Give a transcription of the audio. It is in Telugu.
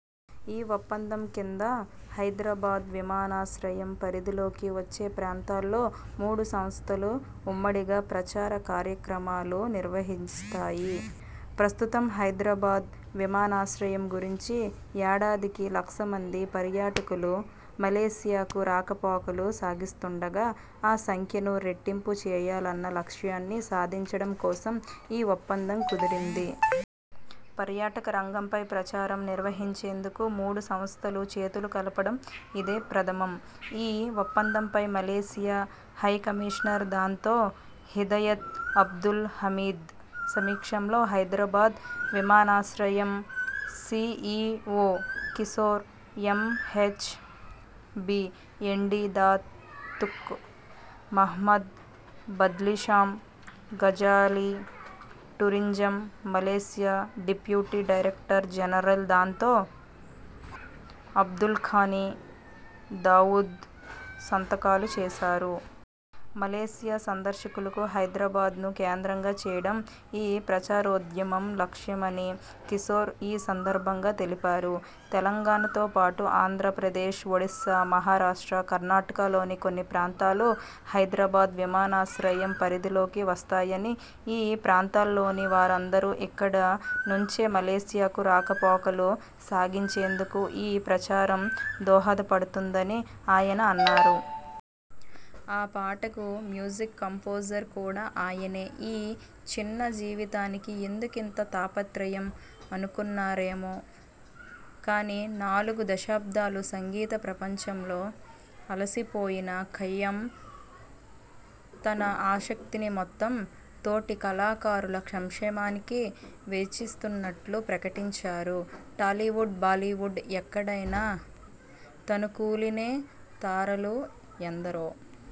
ఈ ఒప్పందం కింద హైదరాబాద్ విమానాశ్రయం పరిధిలోకి వచ్చే ప్రాంతాల్లో మూడు సంస్థలు ఉమ్మడిగా ప్రచార కార్యక్రమాలు నిర్వహిస్తాయి. ప్రస్తుతం హైదరాబాద్ విమానాశ్రయం గురించి ఏడాదికి లక్ష మంది పర్యాటకులు మలేసియాకు రాకపోకలు సాగిస్తుండగా ఆ సంఖ్యను రెట్టింపు చేయాలన్న లక్ష్యాన్ని సాధించడం కోసం ఈ ఒప్పందం కుదిరింది. పర్యాటక రంగంపై ప్రచారం నిర్వహించేందుకు మూడు సంస్థలు చేతులు కలపడం ఇదే ప్రథమం. ఈ ఒప్పందంపై Malaysia high commissioner Dato Hidayat Abdul Hamid సమక్షంలో హైదరాబాద్ విమానాశ్రయం CEO Kishore, MAHB MD Datuk Mohammed Badlisham Ghazali, tourism Malaysia deputy director general Dato Abdul Ghani Daud సంతకాలు చేశారు. మలేసియా సందర్శకులకు హైదరాబాద్ను కేంద్రంగా చేయడం ఈ ప్రచారోద్యమం లక్ష్యమని కిశోర్ ఈ సందర్భంగా తెలిపారు. తెలంగాణతో పాటు ఆంధ్రప్రదేశ్, ఒరిస్సా, మహారాష్ట్ర, కర్ణాటకలోని కొన్ని ప్రాంతాలు హైదరాబాద్ విమానాశ్రయం పరిధిలోకి వస్తాయని, ఈ ప్రాంతాల్లోని వారందరూ ఇక్కడ నుంచే మలేషియాకు రాకపోకలు సాగించేందుకు ఈ ప్రచారం దోహదపడుతుందని ఆయన అన్నారు. ఆ పాటకు మ్యూజిక్ కంపోజర్ కూడా ఆయనే! ఈ చిన్న జీవితానికి ఎందుకింత తాపత్రయం అనుకున్నారో ఏమో కానీ నాలుగు దశాబ్ధాలు సంగీత ప్రపంచంలో అలసిపోయిన ఖయ్యామ్ తన ఆస్తిని మొత్తం తోటి కళాకారుల సంక్షేమానికి వెచ్చిస్తున్నట్లు ప్రకటించారు. టాలీవుడ్, బాలీవుడ్ ఎక్కడైనా తణుకులీనే తారలు ఎందరో!